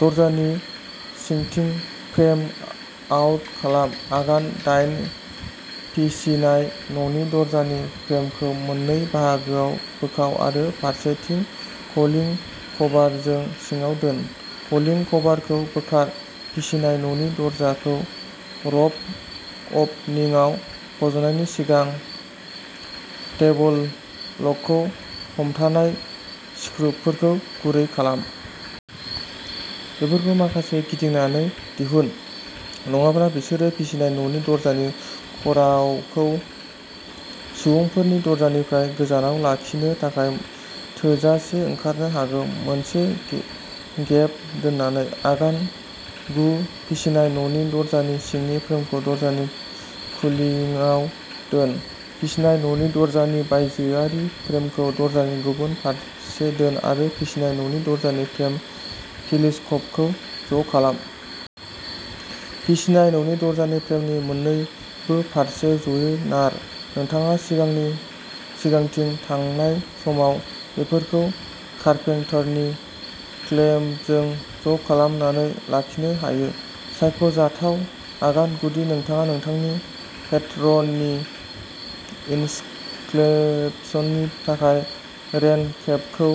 दरजानि सिंथिं'फ्रेम आउट' खालाम। आगान दायेन फिसिनाय न'नि दरजानि फ्रेमखौ मोननै बाहागोआव बोखाव आरो फारसेथिं लकिं कभारजों सिङाव दोन। लकिं कभारखौ बोखार। फिसिनाय न'नि दरजाखौ र'फ ओपनिंआव फज'नायनि सिगां, टेबल लकखौ हमथानाय स्क्रुफफोरखौ गुरै खालाम। बेफोरखौ माखासे गिदिंनानै दिहुन, नङाब्ला बिसोरो फिसिनाय न'नि दरजानि ख'रावखौ सुबुंफोरनि दरजानिफ्राय गोजानाव लाखिनो थाखाय थोजासे ओंखारनो हागौ, मोनसे गेप दोननानै। आगान गु फिसिनाय न'नि दरजानि सिंनि फ्रेमखौ दरजानि खुलिङाव दोन। फिसिनाय न'नि दरजानि बायजोआरि फ्रेमखौ दरजानि गुबुन फारसे दोन आरो फिसिनाय न'नि दरजानि फ्रेम टेलिस्क'पखौ ज'खालाम। फिसिनाय न'नि दरजानि फ्रेमनि मोन्नैबो फारसेखौ ज'यै नार। नोंथाङा सिगांनि सिगांथिं थांनाय समाव बेफोरखौ कारपेंटरनि क्लेम्पजों ज'खालामनानै लाखिनो हायो। सायख'जाथाव आगान जुदि नोंथाङा नोंथांनि पेट्रनि इनस्टलेशननि थाखाय रेन केपखौ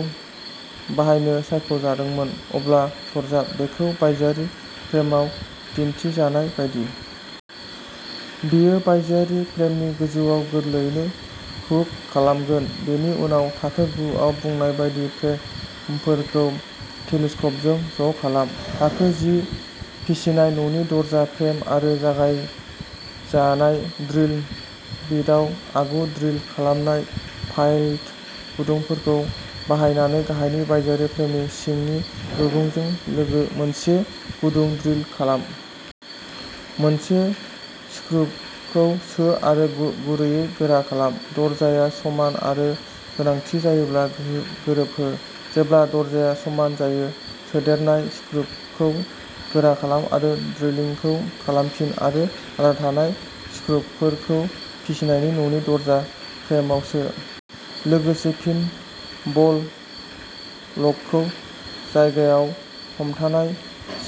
बाहायनो सायख'दोंमोन, अब्ला सरजाब। बेखौ बायजोआरि फ्रेमआव दिन्थिजानाय बायदि। बेयो बायजोआरि फ्रेमनि गोजौआव गोरलैयैनो हुक खालामगोन। बेनि उनाव थाखो गु आव बुंनाय बायदि फ्रेमफोरखौ टेलिस्क'पजों ज'खालाम। थाखो जि फिसिनाय न'नि दरजा फ्रेम आरो जगायजानाय ड्रिल बिटआव आगु-ड्रिल खालामनाय पाइलट गुदुंफोरखौ बाहायनानै, गाहायनि बायजोआरि फ्रेमनि सिंनि रुगुंजों लोगो मोनसे गुदुं ड्रिल खालाम। मोनसे स्क्रूपखौ सो आरो गुरैयै गोरा खालाम। दरजाया समान आरो गोनांथि जायोब्ला गोरोबहो। जेब्ला दरजाया समान जायो, सोदेरनाय स्क्रूपखौ गोरा खालाम आरो ड्रिलिंखौ खालामफिन आरो आद्रा थानाय स्क्रूफोरखौ फिसिनाय न'नि दरजा फ्रेमआव सो। लोगोसे, पिन बल्ट लकखौ जायगायाव हमथानाय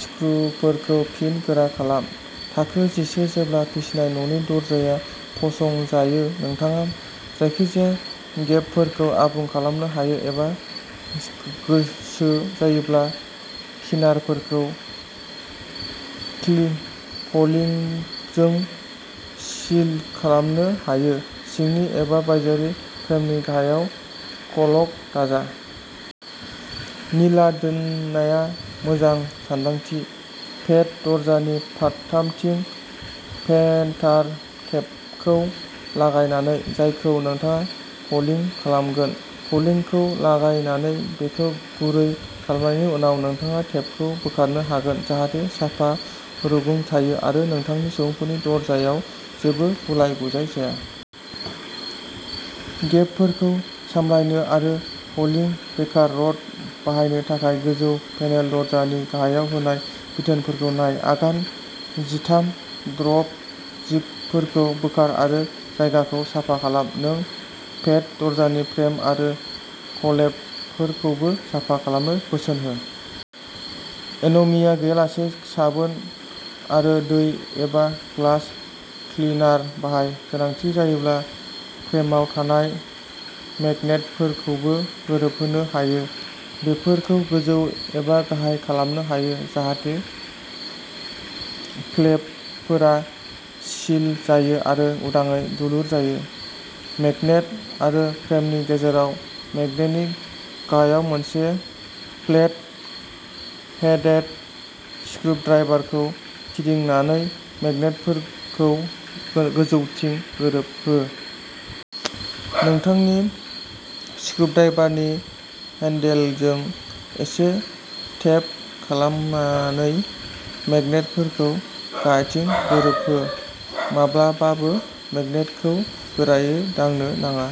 स्क्रूफोरखौ फिन गोरा खालाम। थाखो जिसे जेब्ला फिसिनाय न'नि दरजाया फसंजायो, नोंथाङा जायखिजाया गेबफोरखौ आबुं खालामनो हायो एबा गोसो जायोब्ला किनारफोरखौ क्लिं कल्किंजों सिल खालामनो हायो। सिंनि एबा बायजोआरि फ्रेमनि गाहायाव कल्क दाजा। निला दोननाया मोजां सानदांथि। पेट दरजानि फारथामथिं पेन्टार टेपखौ लागायनानै, जायखौ नोंथाङा कल्किं खालामगोन। कल्किंखौ लागायनानै बेखौ गुरै खालामनायनि उनाव, नोंथाङा टेपखौ बोखारनो हागोन जाहाथे साफा रुगुं थायो आरो नोंथांनि सुबुंफोरनि दरजायाव जेबो गुलाय-गुजाय जाया। गेपफोरखौ सामलायनो आरो कल्किं बेकार रड बाहायनो थाखाय गोजौ पेनेल दरजा नि गाहायाव होनाय बिथोनफोरखौ नाय। आगान जिथाम ड्रप जिपफोरखौ बोखार आरो जायगाखौ साफा खालाम। नों पेट दरजानि फ्रेम आरो फलेप फोरखौबो साफा खालामनो बोसोन होयो। एमोनिया गैयालासे साबोन आरो दै एबा ग्लास क्लिनार बाहाय। गोनांथि जायोब्ला फ्रेमआव थानाय मैग्नेटफोरखौबो गोरोबहोनो हायो। बेफोरखौ गोजौ एबा गाहाय खालामनो हायो जाहाथे फ्लेपफोरा सिल जायो आरो उदाङै दुलुर जायो। मैग्नेट आरो फ्रेमनि गेजेराव मैग्नेटनि गाहायाव मोनसे फ्लेट हेडेड स्क्रुद्राइभारखौ फिदिंनानै मैग्नेटफोरखौ गोजौथिं गोरोबहो। नोंथांनि स्क्रुद्राइभारनि हेन्डेलजों एसे टेप खालामनानै मैग्नेटफोरखौ गाहायथिं गोरोबहो। माब्लाबाबो मेगनेटखौ गोरायै दांनो नाङा।